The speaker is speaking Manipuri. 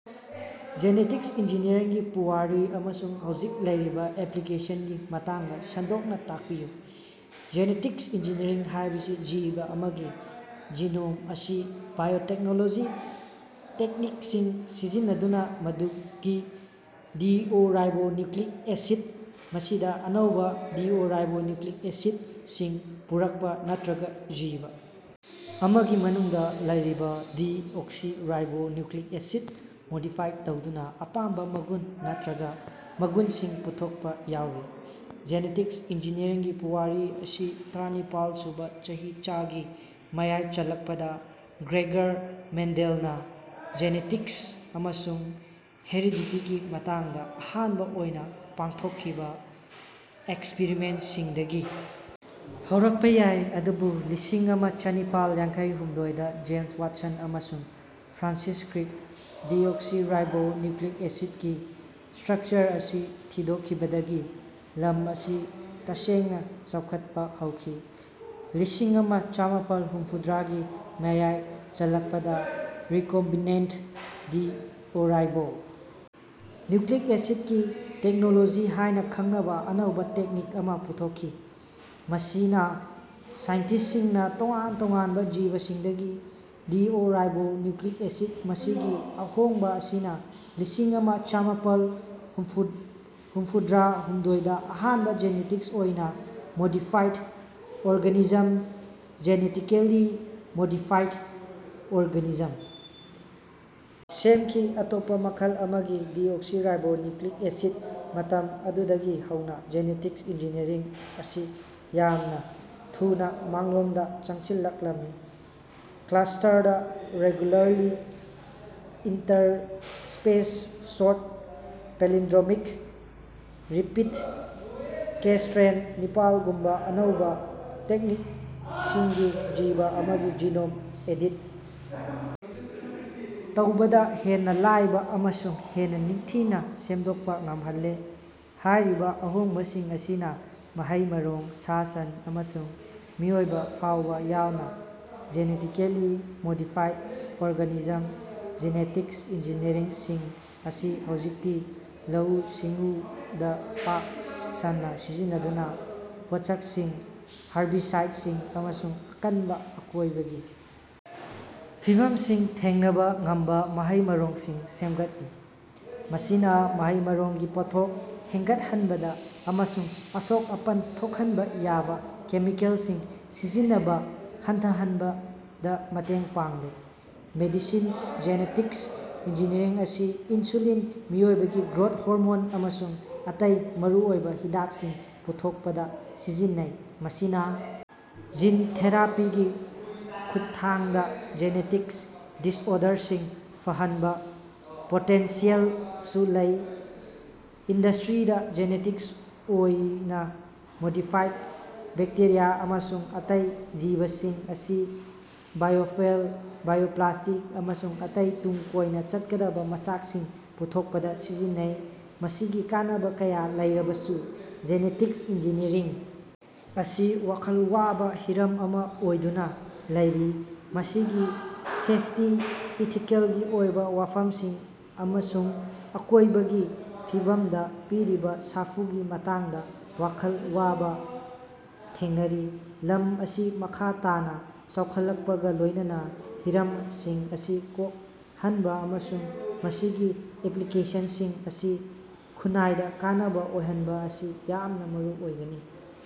ꯖꯦꯅꯦꯇꯤꯛ ꯏꯟꯖꯤꯅꯤꯌꯔꯒꯤ ꯄꯨꯋꯥꯔꯤ ꯑꯃꯁꯨꯡ ꯍꯧꯖꯤꯛ ꯂꯩꯔꯤꯕ ꯑꯦꯄ꯭ꯂꯤꯀꯦꯁꯟꯒꯤ ꯃꯇꯥꯡꯗ ꯁꯟꯗꯣꯛꯅ ꯇꯥꯛꯄꯤꯌꯨ꯫ ꯖꯦꯅꯦꯇꯤꯛ ꯏꯟꯖꯤꯅꯤꯌꯔꯤꯡ ꯍꯥꯏꯕꯁꯤ ꯖꯤꯕ ꯑꯃꯒꯤ ꯖꯤꯅꯣꯝ ꯑꯁꯤ ꯕꯥꯏꯑꯣꯇꯦꯛꯅꯣꯂꯣꯖꯤꯒꯤ ꯇꯦꯛꯅꯤꯛꯁꯤꯡ ꯁꯤꯖꯤꯟꯅꯗꯨꯅ ꯃꯗꯨꯒꯤ ꯗꯤꯑꯣꯔꯥꯏꯕꯣ ꯅ꯭ꯌꯨꯀ꯭ꯂꯤꯛ ꯑꯦꯁꯤꯗ ꯃꯁꯤꯗ ꯑꯅꯧꯕ ꯗꯤꯑꯣꯔꯥꯏꯕꯣ ꯅ꯭ꯌꯨꯀ꯭ꯂꯤꯛ ꯑꯦꯁꯤꯗ ꯁꯤꯡ ꯄꯨꯔꯛꯄ ꯅꯠꯇ꯭ꯔꯒ ꯖꯤꯕ ꯑꯃꯒꯤ ꯃꯅꯨꯡꯗ ꯂꯩꯔꯤꯕ ꯗꯤꯑꯣꯛꯁꯤꯔꯥꯏꯕꯣ ꯅ꯭ꯌꯨꯀ꯭ꯂꯤꯛ ꯑꯦꯁꯤꯗꯕꯨ ꯃꯣꯗꯤꯐꯥꯏ ꯇꯧꯗꯨꯅ ꯑꯄꯥꯝꯕ ꯃꯒꯨꯟ ꯅꯠꯇ꯭ꯔꯒ ꯃꯒꯨꯟꯁꯤꯡ ꯄꯨꯊꯣꯛꯄ ꯌꯥꯎꯔꯤ꯫ ꯖꯦꯅꯦꯇꯤꯛ ꯏꯟꯖꯤꯅꯤꯌꯔꯤꯡꯒꯤ ꯄꯨꯋꯥꯔꯤ ꯑꯁꯤ ꯇꯔꯥꯅꯤꯄꯥꯜ ꯁꯨꯕ ꯆꯍꯤꯆꯥꯒꯤ ꯃꯌꯥꯏ ꯆꯜꯂꯛꯄꯗ ꯒ꯭ꯔꯦꯒꯔ ꯃꯦꯟꯗꯦꯜꯅ ꯖꯦꯅꯦꯇꯤꯛꯁ ꯑꯃꯁꯨꯡ ꯍꯦꯔꯤꯗꯤꯇꯤꯒꯤ ꯃꯇꯥꯡꯗ ꯑꯍꯥꯟꯕ ꯑꯣꯏꯅ ꯄꯥꯡꯊꯣꯛꯈꯤꯕ ꯑꯦꯛꯁꯄ꯭ꯔꯤꯃꯦꯟꯠꯁꯤꯡꯗꯒꯤ ꯍꯧꯔꯛꯄ ꯌꯥꯏ꯫ ꯑꯗꯨꯕꯨ ꯂꯤꯁꯤꯡꯑꯃ ꯆꯥꯅꯤꯄꯥꯜ ꯌꯥꯡꯈꯩ ꯍꯨꯝꯗꯣꯏ ꯗ ꯖꯦꯝꯁ ꯋꯥꯠꯁꯟ ꯑꯃꯁꯨꯡ ꯐ꯭ꯔꯥꯟꯁꯤꯁ ꯀ꯭ꯔꯤꯛꯅ ꯗꯤꯑꯣꯔꯥꯏꯕꯣ ꯅ꯭ꯌꯨꯀ꯭ꯂꯤꯛ ꯑꯦꯁꯤꯗ ꯒꯤ ꯁ꯭ꯇꯔꯛꯆꯔ ꯑꯁꯤ ꯊꯤꯗꯣꯛꯈꯤꯕꯗꯒꯤ ꯂꯝ ꯑꯁꯤ ꯇꯁꯦꯡꯅ ꯆꯥꯎꯈꯠꯄ ꯍꯧꯈꯤ꯫ ꯂꯤꯁꯤꯡꯑꯃ ꯆꯥꯃꯥꯄꯜ ꯍꯨꯝꯐꯨꯇꯔꯥ ꯒꯤ ꯃꯌꯥꯏ ꯆꯜꯂꯛꯄꯗ ꯔꯤꯀꯣꯝꯕꯤꯅꯦꯟꯠ ꯗꯤꯑꯣꯔꯥꯏꯕꯣ ꯅ꯭ꯌꯨꯀ꯭ꯂꯤꯛ ꯑꯦꯁꯤꯗ ꯒꯤ ꯇꯦꯛꯅꯣꯂꯣꯖꯤ ꯍꯥꯏꯅ ꯈꯪꯅꯕ ꯑꯅꯧꯕ ꯇꯦꯛꯅꯤꯛ ꯑꯃ ꯄꯨꯊꯣꯛꯈꯤ, ꯃꯁꯤꯅ ꯁꯥꯏꯟꯇꯤꯁꯁꯤꯡꯅ ꯇꯣꯉꯥꯟ ꯇꯣꯉꯥꯟꯕ ꯖꯤꯕꯁꯤꯡꯗꯒꯤ ꯗꯤꯑꯣꯔꯥꯏꯕꯣ ꯅ꯭ꯌꯨꯀ꯭ꯂꯤꯛ ꯑꯦꯁꯤꯗ ꯃꯁꯤꯒꯤ ꯑꯍꯣꯡꯕ ꯑꯁꯤꯅ ꯂꯤꯁꯤꯡꯑꯃ ꯆꯥꯃꯥꯄꯜ ꯍꯨꯝꯐꯨꯇꯔꯥꯍꯨꯝꯗꯣꯏ ꯗ ꯑꯍꯥꯟꯕ ꯖꯦꯅꯦꯇꯤꯛ ꯑꯣꯏꯅ modified organism (genetically modified organism) ꯁꯦꯝꯈꯤ ꯑꯇꯣꯞꯄ ꯃꯈꯜ ꯑꯃꯒꯤ ꯗꯤꯑꯣꯔꯥꯏꯕꯣ ꯅ꯭ꯌꯨꯀ꯭ꯂꯤꯛ ꯑꯦꯁꯤꯗ ꯃꯇꯝ ꯑꯗꯨꯗꯒꯤ ꯍꯧꯅ ꯖꯦꯅꯦꯇꯤꯛ ꯏꯟꯖꯤꯅꯤꯌꯔꯤꯡ ꯑꯁꯤ ꯌꯥꯝꯅ ꯊꯨꯅ ꯃꯥꯡꯂꯣꯝꯗ ꯆꯪꯁꯤꯜꯂꯛꯂꯤ, ꯀ꯭ꯂꯁꯇꯔꯗ regularly interspaced short palindromic repeats, ꯀꯦ- ꯁ꯭ꯇꯔꯦꯟ ꯅꯤꯄꯥꯜ ꯒꯨꯝꯕ ꯑꯅꯧꯕ ꯇꯦꯛꯅꯤꯛꯁꯤꯡꯅ ꯖꯤꯕ ꯑꯃꯒꯤ ꯖꯤꯅꯣꯝ ꯑꯦꯗꯤꯠ ꯇꯧꯕꯗ ꯍꯦꯟꯅ ꯂꯥꯏꯕ ꯑꯃꯁꯨꯡ ꯍꯦꯟꯅ ꯅꯤꯡꯊꯤꯅ ꯁꯦꯝꯗꯣꯛꯄ ꯉꯝꯍꯜꯂꯦ꯫ ꯍꯥꯏꯔꯤꯕ ꯑꯍꯣꯡꯕꯁꯤꯡ ꯑꯁꯤꯅ ꯃꯍꯩ-ꯃꯔꯣꯡ, ꯁꯥ-ꯁꯟ, ꯑꯃꯁꯨꯡ ꯃꯤꯑꯣꯏꯕ ꯐꯥꯎꯕ ꯌꯥꯎꯅ genetically modified organism genetic engineering ꯑꯁꯤ ꯍꯧꯖꯤꯛꯇꯤ ꯂꯧꯎ-ꯁꯤꯡꯎꯗ ꯄꯥꯛ ꯁꯟꯅ ꯁꯤꯖꯤꯟꯅꯗꯨꯅ ꯄꯣꯠꯁꯛꯁꯤꯡ, ꯍꯥꯔꯕꯤꯁꯥꯏꯗꯁꯤꯡ ꯑꯃꯁꯨꯡ ꯑꯀꯟꯕ ꯑꯀꯣꯏꯕꯒꯤ ꯐꯤꯕꯝꯁꯤꯡ ꯊꯦꯡꯅꯕ ꯉꯝꯕ ꯃꯍꯩ-ꯃꯔꯣꯡꯁꯤꯡ ꯁꯦꯝꯒꯠꯂꯤ꯫ ꯃꯁꯤꯅ ꯃꯍꯩ-ꯃꯔꯣꯡꯒꯤ ꯄꯣꯠꯊꯣꯛ ꯍꯦꯟꯒꯠꯍꯟꯕꯗ ꯑꯃꯁꯨꯡ ꯑꯁꯣꯛ-ꯑꯄꯟ ꯊꯣꯛꯍꯟꯕ ꯌꯥꯕ ꯀꯦꯃꯤꯀꯦꯜꯁꯤꯡ ꯁꯤꯖꯤꯟꯅꯕ ꯍꯟꯊꯍꯟꯕꯗ ꯃꯇꯦꯡ ꯄꯥꯡꯂꯦ꯫ ꯃꯦꯗꯤꯁꯤꯟ ꯖꯦꯅꯦꯇꯤꯛ ꯏꯟꯖꯤꯅꯤꯌꯔꯤꯡ ꯑꯁꯤ ꯏꯟꯁꯨꯂꯤꯟ, ꯃꯤꯑꯣꯏꯕꯒꯤ ꯒ꯭ꯔꯣꯊ ꯍꯣꯔꯃꯣꯟ ꯑꯃꯁꯨꯡ ꯑꯇꯩ ꯃꯔꯨꯑꯣꯏꯕ ꯍꯤꯗꯥꯛꯁꯤꯡ ꯄꯨꯊꯣꯛꯄꯗ ꯁꯤꯖꯤꯟꯅꯩ꯫ ꯃꯁꯤꯅ ꯖꯤꯟ ꯊꯦꯔꯥꯄꯤꯒꯤ ꯈꯨꯠꯊꯥꯡꯗ ꯖꯦꯅꯦꯇꯤꯛ ꯗꯤꯁꯑꯣꯔꯗꯔꯁꯤꯡ ꯐꯍꯟꯕꯒꯤ ꯄꯣꯇꯦꯟꯁꯤꯌꯦꯜꯁꯨ ꯂꯩ꯫ ꯏꯟꯗꯁꯇ꯭ꯔꯤꯗ, ꯖꯤꯅꯦꯇꯤꯛ ꯑꯣꯏꯅ ꯃꯣꯗꯤꯐꯥꯏꯗ ꯕꯦꯛꯇꯦꯔꯤꯌꯥ ꯑꯃꯁꯨꯡ ꯑꯇꯩ ꯖꯤꯕꯁꯤꯡ ꯑꯁꯤ ꯕꯥꯏꯑꯣꯐ꯭ꯌꯨꯑꯦꯜ, ꯕꯥꯏꯑꯣꯄ꯭ꯂꯥꯁꯇꯤꯛ, ꯑꯃꯁꯨꯡ ꯑꯇꯩ ꯇꯨꯡ ꯀꯣꯏꯅ ꯆꯠꯀꯗꯕ ꯃꯆꯥꯛꯁꯤꯡ ꯄꯨꯊꯣꯛꯄꯗ ꯁꯤꯖꯤꯟꯅꯩ꯫ ꯃꯁꯤꯒꯤ ꯀꯥꯟꯅꯕ ꯀꯌꯥ ꯂꯩꯔꯕꯁꯨ, ꯖꯦꯅꯦꯇꯤꯛ ꯏꯟꯖꯤꯅꯤꯌꯔꯤꯡ ꯑꯁꯤ ꯋꯥꯈꯜ ꯋꯥꯕ ꯍꯤꯔꯝ ꯑꯃ ꯑꯣꯏꯗꯨꯅ ꯂꯩꯔꯤ, ꯃꯁꯤꯒꯤ ꯁꯦꯐꯇꯤ, ꯏꯊꯤꯀꯦꯜꯒꯤ ꯑꯣꯏꯕ ꯋꯥꯐꯝꯁꯤꯡ ꯑꯃꯁꯨꯡ ꯑꯀꯣꯏꯕꯒꯤ ꯐꯤꯕꯝꯗ ꯄꯤꯔꯤꯕ ꯁꯥꯐꯨꯒꯤ ꯃꯇꯥꯡꯗ ꯋꯥꯈꯜ ꯋꯥꯕ ꯊꯦꯡꯅꯔꯤ꯫ ꯂꯝ ꯑꯁꯤ ꯃꯈꯥ ꯇꯥꯅ ꯆꯥꯎꯈꯠꯂꯛꯄꯒ ꯂꯣꯏꯅꯅ ꯍꯤꯔꯝꯁꯤꯡ ꯑꯁꯤ ꯀꯣꯛꯍꯟꯕ ꯑꯃꯁꯨꯡ ꯃꯁꯤꯒꯤ ꯑꯦꯄ꯭ꯂꯤꯀꯦꯁꯟꯁꯤꯡ ꯑꯁꯤ ꯈꯨꯟꯅꯥꯏꯗ ꯀꯥꯟꯅꯕ ꯑꯣꯏꯍꯟꯕ ꯑꯁꯤ ꯌꯥꯝꯅ ꯃꯔꯨ ꯑꯣꯏꯒꯅꯤ꯫